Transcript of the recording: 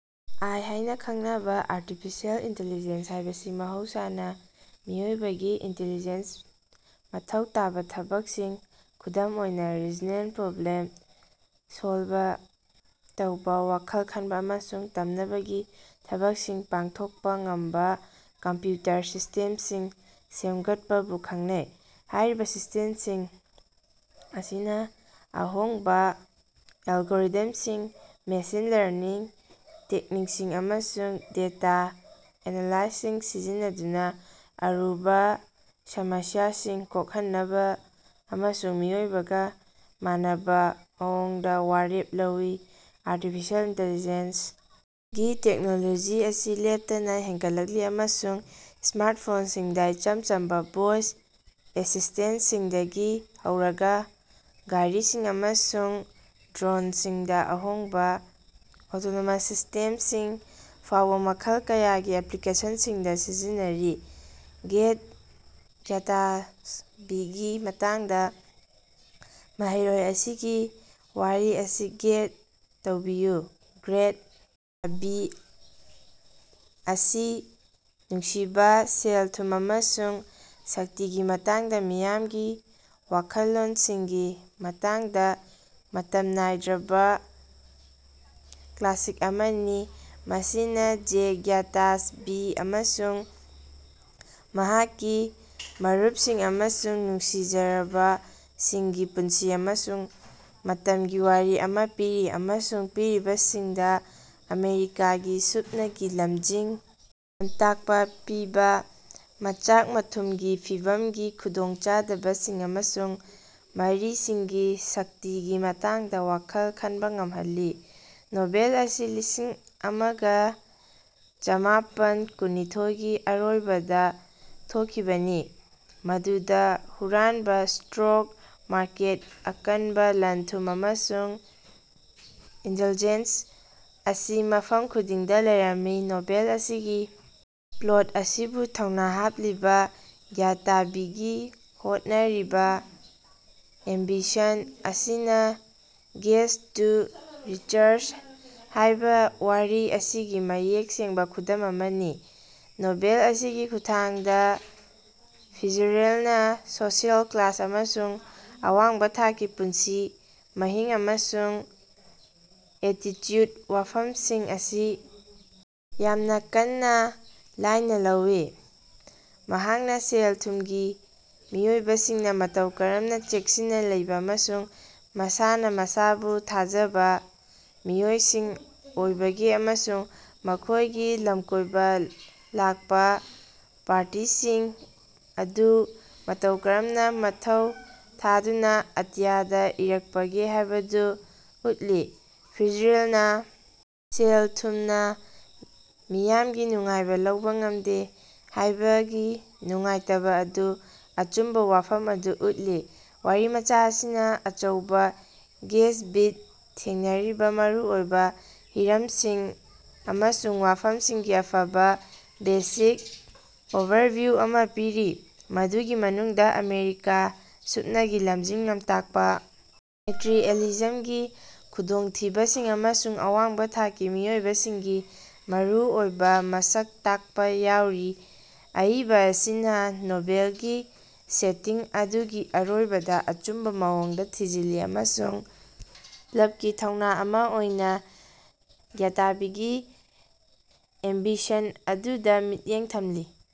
ꯑꯥꯏ. ꯍꯥꯏꯅ ꯈꯪꯅꯕ artificial intelligence ꯍꯥꯏꯕꯁꯤ ꯃꯍꯧꯁꯥꯅ ꯃꯤꯑꯣꯏꯕꯒꯤ ꯏꯟꯇꯤꯂꯤꯖꯦꯟꯁ ꯃꯊꯧ ꯇꯥꯕ ꯊꯕꯛꯁꯤꯡ, ꯈꯨꯗꯝ ꯑꯣꯏꯅ ꯔꯤꯖꯅꯦꯜ, ꯄ꯭ꯔꯣꯕ꯭ꯂꯦꯝ ꯁꯣꯜꯕ ꯇꯧꯕ, ꯋꯥꯈꯜ ꯈꯟꯕ ꯑꯃꯁꯨꯡ ꯇꯝꯅꯕꯒꯤ ꯊꯕꯛꯁꯤꯡ ꯄꯥꯡꯊꯣꯛꯄ ꯉꯝꯕ ꯀꯝꯄ꯭ꯌꯨꯇꯔ ꯁꯤꯁ꯭ꯇꯦꯝꯁꯤꯡ ꯁꯦꯝꯒꯠꯄꯕꯨ ꯈꯪꯅꯩ꯫ ꯍꯥꯏꯔꯤꯕ ꯁꯤꯁ꯭ꯇꯦꯝꯁꯤꯡ ꯑꯁꯤꯅ ꯑꯍꯣꯡꯕ ꯑꯦꯂꯒꯣꯔꯤꯊꯝꯁꯤꯡ, ꯃꯦꯁꯤꯟ ꯂꯔꯅꯤꯡ ꯇꯦꯛꯅꯤꯛꯁꯤꯡ, ꯑꯃꯁꯨꯡ ꯗꯦꯇꯥ ꯑꯦꯅꯥꯂꯥꯏꯁꯤꯁ ꯁꯤꯖꯤꯟꯅꯗꯨꯅ ꯑꯔꯨꯕ ꯁꯃꯁ꯭ꯌꯥꯁꯤꯡ ꯀꯣꯛꯍꯟꯅꯕ ꯑꯃꯁꯨꯡ ꯃꯤꯑꯣꯏꯕꯒ ꯃꯥꯟꯅꯕ ꯃꯑꯣꯡꯗ ꯋꯥꯔꯦꯞ ꯂꯧꯏ꯫ Artificial intelligence. ꯒꯤ ꯇꯦꯛꯅꯣꯂꯣꯖꯤ ꯑꯁꯤ ꯂꯦꯞꯇꯅ ꯍꯦꯟꯒꯠꯂꯛꯂꯤ ꯑꯃꯁꯨꯡ ꯁ꯭ꯃꯥꯔꯇꯐꯣꯟꯁꯤꯡꯗ ꯏꯆꯝ ꯆꯝꯕ ꯚꯣꯏꯁ ꯑꯦꯁꯤꯁ꯭ꯇꯦꯟꯇꯁꯤꯡꯗꯒꯤ ꯍꯧꯔꯒ ꯒꯥꯔꯤꯁꯤꯡ ꯑꯃꯁꯨꯡ ꯗ꯭ꯔꯣꯟꯁꯤꯡꯗ ꯑꯍꯣꯡꯕ ꯑꯣꯇꯣꯅꯣꯃꯁ ꯁꯤꯁ꯭ꯇꯦꯝꯁꯤꯡ ꯐꯥꯎꯕ ꯃꯈꯜ ꯀꯌꯥꯒꯤ ꯑꯦꯄ꯭ꯂꯤꯀꯦꯁꯟꯁꯤꯡꯗ ꯁꯤꯖꯤꯟꯅꯔꯤ꯫ ꯒ꯭ꯔꯦꯠ ꯒ꯭ꯌꯥꯇꯁꯕꯤꯒꯤ ꯃꯇꯥꯡꯗ ꯃꯍꯩꯔꯣꯏ ꯑꯁꯤꯒꯤ ꯋꯥꯔꯤ ꯑꯁꯤ ꯒ꯭ꯔꯦꯗ ꯇꯧꯕꯤꯌꯨ꯫ ꯒ꯭ꯔꯦꯠ ꯒ꯭ꯌꯥꯇꯁꯕꯤ ꯑꯁꯤ ꯅꯨꯡꯁꯤꯕ, ꯁꯦꯜ-ꯊꯨꯝ ꯑꯃꯁꯨꯡ ꯁꯛꯇꯤꯒꯤ ꯃꯇꯥꯡꯗ ꯃꯤꯌꯥꯝꯒꯤ ꯋꯥꯈꯜꯂꯣꯟꯁꯤꯡꯒꯤ ꯃꯇꯥꯡꯗ ꯃꯇꯝ ꯅꯥꯏꯗ꯭ꯔꯕ ꯀ꯭ꯂꯥꯁꯤꯛ ꯑꯃꯅꯤ꯫ ꯃꯁꯤꯅ ꯖꯦ ꯒ꯭ꯌꯥꯇꯁꯕꯤ ꯑꯃꯁꯨꯡ ꯃꯍꯥꯛꯀꯤ ꯃꯔꯨꯄꯁꯤꯡ ꯑꯃꯁꯨꯡ ꯅꯨꯡꯁꯤꯖꯔꯕꯁꯤꯡꯒꯤ ꯄꯨꯟꯁꯤ ꯑꯃꯁꯨꯡ ꯃꯇꯝꯒꯤ ꯋꯥꯔꯤ ꯑꯃ ꯄꯤꯔꯤ꯫ ꯑꯃꯁꯨꯡ ꯄꯥꯔꯤꯕꯁꯤꯡꯗ ꯑꯃꯦꯔꯤꯀꯥꯒꯤ ꯁꯨꯞꯅꯒꯤ ꯂꯝꯖꯤꯡ ꯂꯝꯇꯥꯛꯄꯤꯕ ꯃꯆꯥꯛ-ꯃꯊꯨꯝꯒꯤ ꯐꯤꯚꯝꯒꯤ ꯈꯨꯗꯣꯡꯆꯥꯗꯕꯁꯤꯡ ꯑꯃꯁꯨꯡ ꯃꯔꯤꯁꯤꯡꯒꯤ ꯁꯛꯇꯤꯒꯤ ꯃꯇꯥꯡꯗ ꯋꯥꯈꯜ ꯈꯟꯕ ꯉꯝꯍꯜꯂꯤ꯫ ꯅꯣꯚꯦꯜ ꯑꯁꯤ ꯂꯤꯁꯤꯡ ꯑꯃꯒ ꯆꯥꯝꯃꯥꯄꯟ ꯀꯨꯟꯅꯤꯊꯣꯏꯒꯤ ꯑꯔꯣꯏꯕꯗ ꯊꯣꯛꯈꯤꯕꯅꯤ꯫ ꯃꯗꯨꯗ ꯍꯨꯔꯥꯟꯕ ꯁ꯭ꯇꯣꯛ ꯃꯥꯔꯀꯦꯠ ꯑꯀꯟꯕ ꯂꯟ-ꯊꯨꯝ, ꯑꯃꯁꯨꯡ ꯏꯟꯗꯜꯖꯦꯟꯁ ꯑꯁꯤ ꯃꯐꯝ ꯈꯨꯗꯤꯡꯗ ꯂꯩꯔꯝꯃꯤ꯫ ꯅꯣꯚꯦꯜ ꯑꯁꯤꯒꯤ ꯄ꯭ꯂꯣꯠ ꯑꯁꯤꯕꯨ ꯊꯧꯅꯥ ꯍꯥꯞꯂꯤꯕ ꯒ꯭ꯌꯥꯇꯁꯕꯤꯒꯤ ꯍꯣꯠꯅꯔꯤꯕ ꯑꯦꯝꯕꯤꯁꯟ ꯑꯁꯤꯅꯥ "ꯔꯦꯒꯁ ꯇꯨ ꯔꯤꯆꯁ" ꯍꯥꯏꯕ ꯋꯥꯔꯤ ꯑꯁꯤꯒꯤ ꯃꯌꯦꯛ ꯁꯦꯡꯕ ꯈꯨꯗꯝ ꯑꯃꯅꯤ꯫ ꯅꯣꯚꯦꯜ ꯑꯁꯤꯒꯤ ꯈꯨꯠꯊꯥꯡꯗ ꯐꯤꯠꯖꯦꯔꯦꯜꯅ ꯁꯣꯁꯤꯑꯦꯜ ꯀ꯭ꯂꯥꯁ ꯑꯃꯁꯨꯡ ꯑꯋꯥꯡꯕ ꯊꯥꯛꯀꯤ ꯄꯨꯟꯁꯤ ꯃꯍꯤꯡ ꯑꯃꯁꯨꯡ ꯑꯦꯇꯤꯆꯨꯗꯀꯤ ꯋꯥꯐꯝꯁꯤꯡ ꯑꯁꯤ ꯌꯥꯝꯅ ꯀꯟꯅ ꯂꯥꯟꯅ ꯂꯧꯏ꯫ ꯃꯍꯥꯛꯅ ꯁꯦꯜ ꯊꯨꯝꯒꯤ ꯃꯤꯑꯣꯏꯁꯤꯡꯅ ꯃꯇꯧ ꯀꯔꯝꯅ ꯆꯦꯛꯁꯤꯟꯅ ꯂꯩꯕ ꯑꯃꯁꯨꯡ ꯃꯁꯥꯅ ꯃꯁꯥꯕꯨ ꯊꯥꯖꯖꯕ ꯃꯤꯑꯣꯏꯁꯤꯡ ꯑꯣꯏꯕꯒꯦ ꯑꯃꯁꯨꯡ ꯃꯈꯣꯏꯒꯤ ꯂꯝꯀꯣꯏꯕ ꯂꯥꯛꯄ ꯄꯥꯔꯇꯤꯁꯤꯡ ꯑꯗꯨ ꯃꯇꯧ ꯀꯔꯝꯅ ꯃꯩ ꯊꯥꯗꯨꯅ ꯑꯇꯤꯌꯥꯗ ꯏꯔꯛꯄꯒꯦ ꯍꯥꯏꯕꯗꯨ ꯎꯠꯂꯤ꯫ ꯐꯤꯠꯖꯦꯔꯦꯜꯅ ꯁꯦꯜ-ꯊꯨꯝꯅ ꯃꯤꯌꯥꯃꯒꯤ ꯅꯨꯡꯉꯥꯏꯕ ꯂꯧꯕ ꯉꯝꯗꯦ ꯍꯥꯏꯕꯒꯤ ꯅꯨꯡꯉꯥꯏꯇꯕ ꯑꯗꯨꯕꯨ ꯑꯆꯨꯝꯕ ꯋꯥꯐꯝ ꯑꯗꯨ ꯎꯠꯂꯤ꯫ ꯋꯥꯔꯤꯃꯆꯥ ꯑꯁꯤꯅ ꯑꯆꯧꯕꯥ ꯒꯦꯠꯁꯕꯤꯗ ꯊꯦꯡꯅꯔꯤꯕ ꯃꯔꯨ ꯑꯣꯏꯕ ꯍꯤꯔꯝꯁꯤꯡ ꯑꯃꯁꯨꯡ ꯋꯥꯐꯝꯁꯤꯡꯒꯤ ꯑꯐꯕ ꯕꯦꯁꯤꯛ ꯑꯣꯚꯔꯚꯤꯌꯨ ꯑꯃꯥ ꯄꯤꯔꯤ꯫ ꯃꯗꯨꯒꯤ ꯃꯅꯨꯡꯗ ꯑꯃꯦꯔꯤꯀꯥꯒꯤ ꯁꯨꯞꯅꯒꯤ ꯂꯝꯖꯤꯡ ꯂꯝꯇꯥꯛꯄ, ꯃꯦꯇꯔꯤꯑꯦꯂꯤꯖꯝꯒꯤ ꯈꯨꯗꯣꯡꯊꯤꯕꯁꯤꯡ, ꯑꯃꯁꯨꯡ ꯑꯋꯥꯡꯕ ꯊꯥꯛꯀꯤ ꯃꯤꯑꯣꯏꯁꯤꯡꯒꯤ ꯃꯔꯨꯑꯣꯏꯕ ꯃꯁꯛ ꯇꯥꯛꯄ ꯌꯥꯎꯔꯤ꯫ ꯑꯏꯕ ꯑꯁꯤꯅ ꯅꯣꯚꯦꯜꯒꯤ ꯁꯦꯇꯤꯡ ꯑꯗꯨ ꯒꯤ ꯑꯔꯣꯏꯕꯗ ꯑꯆꯨꯝꯕ ꯃꯑꯣꯡꯗ ꯊꯤꯖꯤꯜꯂꯤ ꯑꯃꯁꯨꯡ ꯄ꯭ꯂꯇꯀꯤ ꯊꯧꯅ ꯑꯃ ꯑꯣꯏꯅ ꯒ꯭ꯌꯥꯇꯁꯕꯤꯒꯤ ꯑꯦꯝꯕꯤꯁꯟ ꯑꯗꯨꯗ ꯃꯤꯠꯌꯦꯡ ꯊꯝꯂꯤ꯫